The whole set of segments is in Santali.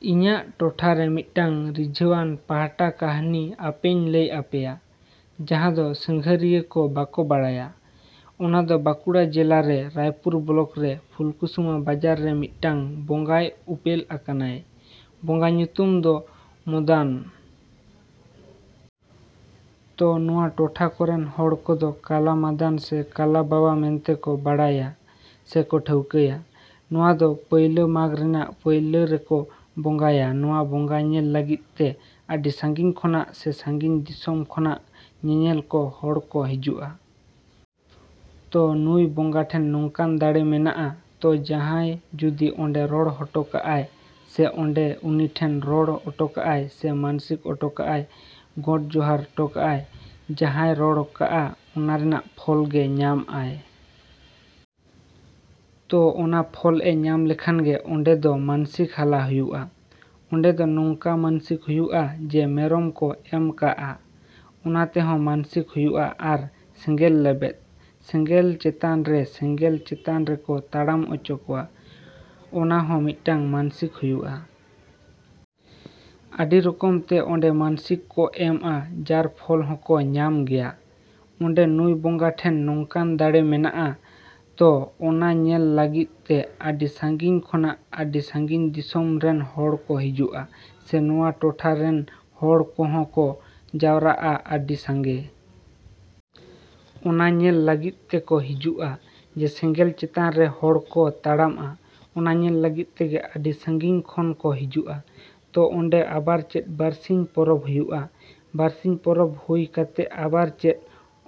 ‎ᱤᱧᱟᱹᱜ ᱴᱚᱴᱷᱟ ᱨᱮ ᱢᱤᱫᱴᱟᱝ ᱨᱤᱡᱷᱟᱹᱣᱟᱱ ᱯᱟᱦᱴᱟ ᱠᱟᱹᱦᱱᱤ ᱟᱯᱮᱧ ᱞᱟᱹᱭ ᱟᱯᱮᱭᱟ, ᱡᱟᱦᱟᱸ ᱫᱚ ᱥᱟᱸᱜᱷᱟᱨᱤᱭᱟᱹ ᱠᱚ ᱵᱟᱠᱚ ᱵᱟᱲᱟᱭᱟ ᱚᱱᱟ ᱫᱚ ᱵᱟᱸᱠᱩᱲᱟ ᱡᱮᱞᱟ ᱨᱮ, ᱨᱟᱭᱯᱩᱨ ᱵᱞᱚᱠ ᱨᱮ, ᱯᱷᱩᱞᱠᱩᱥᱢᱟᱹ ᱵᱟᱡᱟᱨ ᱨᱮ ᱢᱤᱫᱴᱟᱹᱝ ᱵᱚᱸᱜᱟᱭ ᱩᱯᱮᱞ ᱟᱠᱟᱱᱟᱭ᱾ ᱵᱚᱸᱜᱟ ᱧᱩᱛᱩᱢ ᱠᱟᱞᱟ ᱢᱚᱫᱟᱱ᱾ ᱛᱚ ᱱᱚᱣᱟ ᱴᱚᱴᱷᱟ ᱠᱚᱨᱮᱱ ᱦᱚᱲ ᱠᱚᱫᱚ ᱠᱟᱞᱟ ᱢᱟᱫᱟᱱ ᱥᱮ ᱠᱟᱞᱟ ᱵᱟᱵᱟ ᱢᱮᱱᱛᱮ ᱠᱚ ᱵᱟᱲᱟᱭᱮᱭᱟ ᱥᱮ ᱠᱚ ᱴᱷᱟᱹᱣᱠᱟᱹᱭᱟ᱾ ᱱᱚᱣᱟ ᱫᱚ ᱯᱩᱭᱞᱟᱹ ᱢᱟᱜᱽ ᱨᱮᱱᱟᱜ ᱯᱩᱭᱞᱟᱹ ᱨᱮᱠᱚ ᱵᱚᱸᱜᱟᱭᱟ ᱱᱚᱣᱟ ᱵᱚᱸᱜᱟ ᱧᱮᱞ ᱞᱟᱹᱜᱤᱫ ᱛᱮ ᱟᱹᱰᱤ ᱥᱟᱺᱜᱤᱧ ᱠᱷᱚᱱᱟᱜ ᱥᱮ ᱥᱟᱺᱜᱤᱧ ᱫᱤᱥᱚᱢ ᱠᱷᱚᱱᱟᱜ ᱧᱮᱧᱮᱞ ᱠᱚ ᱦᱚᱲ ᱠᱚ ᱦᱤᱡᱩᱜᱼᱟ᱾ ᱛᱚ ᱱᱩᱭ ᱵᱚᱸᱜᱟ ᱴᱷᱮᱱ ᱱᱚᱝᱠᱟᱱ ᱫᱟᱲᱮ ᱢᱮᱱᱟᱜᱼᱟ ᱛᱚ ᱡᱟᱦᱟᱸᱭ ᱡᱩᱫᱤ ᱱᱚᱸᱰᱮ ᱨᱚᱲ ᱦᱚᱴᱚ ᱠᱟᱜᱼᱟᱭ ᱥᱮ ᱱᱚᱸᱰᱮ ᱩᱱᱤ ᱴᱷᱮᱱ ᱨᱚᱲ ᱚᱴᱚᱠᱟᱜᱼᱟᱭ ᱥᱮ ᱢᱟᱹᱱᱥᱤᱠ ᱚᱴᱚᱠᱟᱜᱼᱟᱭ, ᱜᱚᱰ ᱡᱚᱦᱟᱨ ᱴᱚᱠᱟᱜᱼᱟᱭ, ᱡᱟᱦᱟᱸᱭ ᱨᱚᱲ ᱠᱟᱜᱼᱟ ᱚᱱᱟ ᱨᱮᱱᱟᱜ ᱯᱷᱚᱞ ᱜᱮ ᱧᱟᱢᱟᱭ᱾ ᱛᱚ ᱚᱱᱟ ᱯᱷᱚᱞ ᱮ ᱧᱟᱢ ᱞᱮᱠᱷᱟᱱ ᱜᱮ ᱱᱚᱸᱰᱮ ᱫᱚ ᱢᱟᱹᱱᱥᱤᱠ ᱦᱟᱞᱟ ᱦᱩᱭᱩᱜᱼᱟ᱾ ᱱᱚᱸᱰᱮ ᱫᱚ ᱱᱚᱝᱠᱟ ᱢᱟᱹᱱᱥᱤᱠ ᱦᱩᱭᱩᱜᱼᱟ ᱡᱮ ᱢᱮᱨᱚᱢ ᱠᱚ ᱮᱢ ᱠᱟᱜᱼᱟ, ᱚᱱᱟ ᱛᱮᱦᱚᱸ ᱢᱟᱹᱱᱥᱤᱠ ᱦᱩᱭᱩᱜᱼᱟ ᱟᱨ ᱥᱮᱸᱜᱮᱞ ᱞᱮᱵᱮᱫ, ᱥᱮᱸᱜᱮᱞ ᱪᱮᱛᱟᱱ ᱨᱮ, ᱥᱮᱸᱜᱮᱞ ᱪᱮᱛᱟᱱ ᱨᱮᱠᱚ ᱛᱟᱲᱟᱢ ᱚᱪᱚ ᱠᱚᱣᱟ, ᱚᱱᱟ ᱦᱚᱸ ᱢᱤᱫᱴᱟᱹᱝ ᱢᱟᱹᱱᱥᱤᱠ ᱦᱩᱭᱩᱜᱼᱟ᱾ ᱟᱹᱰᱤ ᱨᱚᱠᱚᱢ ᱛᱮ ᱱᱚᱸᱰᱮ ᱢᱟᱹᱱᱥᱤᱠ ᱠᱚ ᱮᱢᱟ ᱡᱟᱨ ᱯᱷᱚᱞ ᱦᱚᱸ ᱠᱚ ᱧᱟᱢ ᱜᱮᱭᱟ᱾ ᱱᱚᱸᱰᱮ ᱱᱩᱭ ᱵᱚᱸᱜᱟ ᱴᱷᱮᱱ ᱱᱚᱝᱠᱟᱱ ᱫᱟᱲᱮ ᱢᱮᱱᱟᱜᱼᱟ ᱛᱚ ᱚᱱᱟ ᱧᱮᱞ ᱞᱟᱹᱜᱤᱫ ᱛᱮ ᱟᱹᱰᱤ ᱥᱟᱺᱜᱤᱧ ᱠᱷᱚᱱᱟᱜ ᱟᱹᱰᱤ ᱥᱟᱺᱜᱤᱧ ᱫᱤᱥᱚᱢ ᱨᱮᱱ ᱦᱚᱲ ᱠᱚ ᱦᱤᱡᱩᱜᱼᱟ ᱥᱮ ᱱᱚᱣᱟ ᱴᱚᱴᱷᱟ ᱨᱮᱱ ᱦᱚᱲ ᱠᱚᱦᱚᱸ ᱠᱚ ᱡᱟᱣᱨᱟᱜᱼᱟ ᱟᱹᱰᱤ ᱥᱟᱸᱜᱮ᱾ ᱚᱱᱟ ᱧᱮᱞ ᱞᱟᱹᱜᱤᱫ ᱛᱮ ᱠᱚ ᱦᱤᱡᱩᱜᱼᱟ ᱡᱮ ᱥᱮᱸᱜᱮᱞ ᱪᱮᱛᱟᱱ ᱨᱮ ᱦᱚᱲ ᱠᱚ ᱛᱟᱲᱟᱢᱟ, ᱚᱱᱟ ᱧᱮᱞ ᱞᱟᱹᱜᱤᱫ ᱛᱮᱜᱮ ᱟᱹᱰᱤ ᱥᱟᱺᱜᱤᱧ ᱠᱷᱚᱱ ᱠᱚ ᱦᱤᱡᱩᱜᱼᱟ᱾ ᱛᱚ ᱱᱚᱸᱰᱮ ᱟᱵᱟᱨ ᱪᱮᱫ ᱵᱟᱹᱨᱥᱤᱧ ᱯᱚᱨᱚᱵᱽ ᱦᱩᱭᱩᱜᱼᱟ᱾ ᱵᱟᱹᱨᱥᱤᱧ ᱯᱚᱨᱚᱵᱽ ᱦᱩᱭ ᱠᱟᱛᱮᱜ ᱟᱵᱟᱨ ᱪᱮᱫ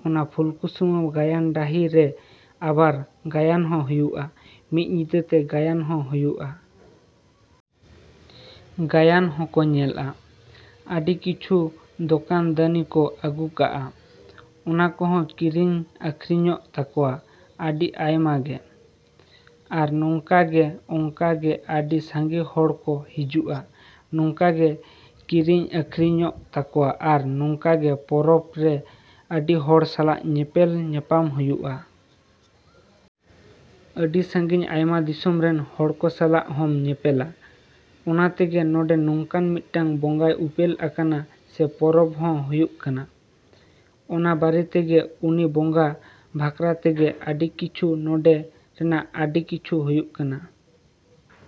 ᱚᱱᱟ ᱯᱷᱩᱞᱠᱩᱥᱢᱟᱹ ᱜᱟᱭᱟᱱ ᱵᱟᱹᱦᱤ ᱨᱮ ᱟᱵᱟᱨ ᱜᱟᱭᱟᱱ ᱦᱚᱸ ᱦᱩᱭᱩᱜᱼᱟ, ᱢᱤᱫ ᱧᱤᱫᱟᱹ ᱛᱮ ᱜᱟᱭᱟᱱ ᱦᱚᱸ ᱦᱩᱭᱩᱜᱼᱟ᱾ ᱜᱟᱭᱟᱱ ᱦᱚᱸ ᱠᱚ ᱧᱮᱞᱟ᱾ ᱟᱹᱰᱤ ᱠᱤᱪᱷᱩ ᱫᱚᱠᱟᱱ ᱫᱟᱹᱱᱤ ᱠᱚ ᱟᱹᱜᱩ ᱠᱟᱜᱼᱟ, ᱚᱱᱟ ᱠᱚᱦᱚᱸ ᱠᱤᱨᱤᱧ ᱟᱹᱠᱷᱨᱤᱧᱚᱜ ᱛᱟᱠᱚᱣᱟ ᱟᱹᱰᱤ ᱟᱭᱢᱟ ᱜᱮ᱾ ᱟᱨ ᱱᱚᱝᱠᱟ ᱜᱮ ᱚᱝᱠᱟ ᱜᱮ ᱟᱹᱰᱤ ᱥᱟᱸᱜᱮ ᱦᱚᱲ ᱠᱚ ᱠᱚ ᱦᱤᱡᱩᱜᱼᱟ, ᱱᱚᱝᱠᱟ ᱜᱮ ᱠᱤᱨᱤᱧ ᱟᱠᱷᱨᱤᱧᱚᱜ ᱛᱟᱠᱚᱣᱟ ᱟᱨ ᱱᱚᱝᱠᱟ ᱜᱮ ᱯᱚᱨᱚᱵᱽ ᱨᱮ ᱟᱹᱰᱤ ᱦᱚᱲ ᱥᱟᱞᱟᱜ ᱧᱮᱯᱮᱞ ᱧᱟᱸᱯᱟᱢ ᱦᱩᱭᱩᱜᱼᱟ᱾ ᱟᱹᱰᱤ ᱥᱟᱺᱜᱤᱧ ᱟᱭᱢᱟ ᱫᱤᱥᱚᱢ ᱨᱮᱱ ᱦᱚᱲ ᱥᱟᱞᱟᱜ ᱦᱚᱢ ᱧᱮᱯᱮᱞᱟ᱾ ᱚᱱᱟᱛᱮᱜᱮ ᱱᱚᱸᱰᱮ ᱱᱚᱝᱠᱟᱱ ᱢᱤᱫᱴᱟᱹᱝ ᱵᱚᱸᱜᱟᱭ ᱩᱯᱮᱞ ᱟᱠᱟᱱᱟ ᱥᱮ ᱯᱚᱨᱚᱵᱽ ᱦᱚᱸ ᱦᱩᱭᱩᱜ ᱠᱟᱱᱟ᱾ ᱚᱱᱟ ᱵᱟᱨᱮ ᱛᱮᱜᱮ ᱩᱱᱤ ᱵᱚᱸᱜᱟ ᱵᱟᱠᱷᱨᱟ ᱛᱮᱜᱮ ᱟᱹᱰᱤ ᱠᱤᱪᱷᱩ ᱱᱚᱸᱰᱮ ᱨᱮᱱᱟᱜ ᱟᱹᱰᱤ ᱠᱤᱪᱷᱩ ᱦᱩᱭᱩᱜ ᱠᱟᱱᱟ᱾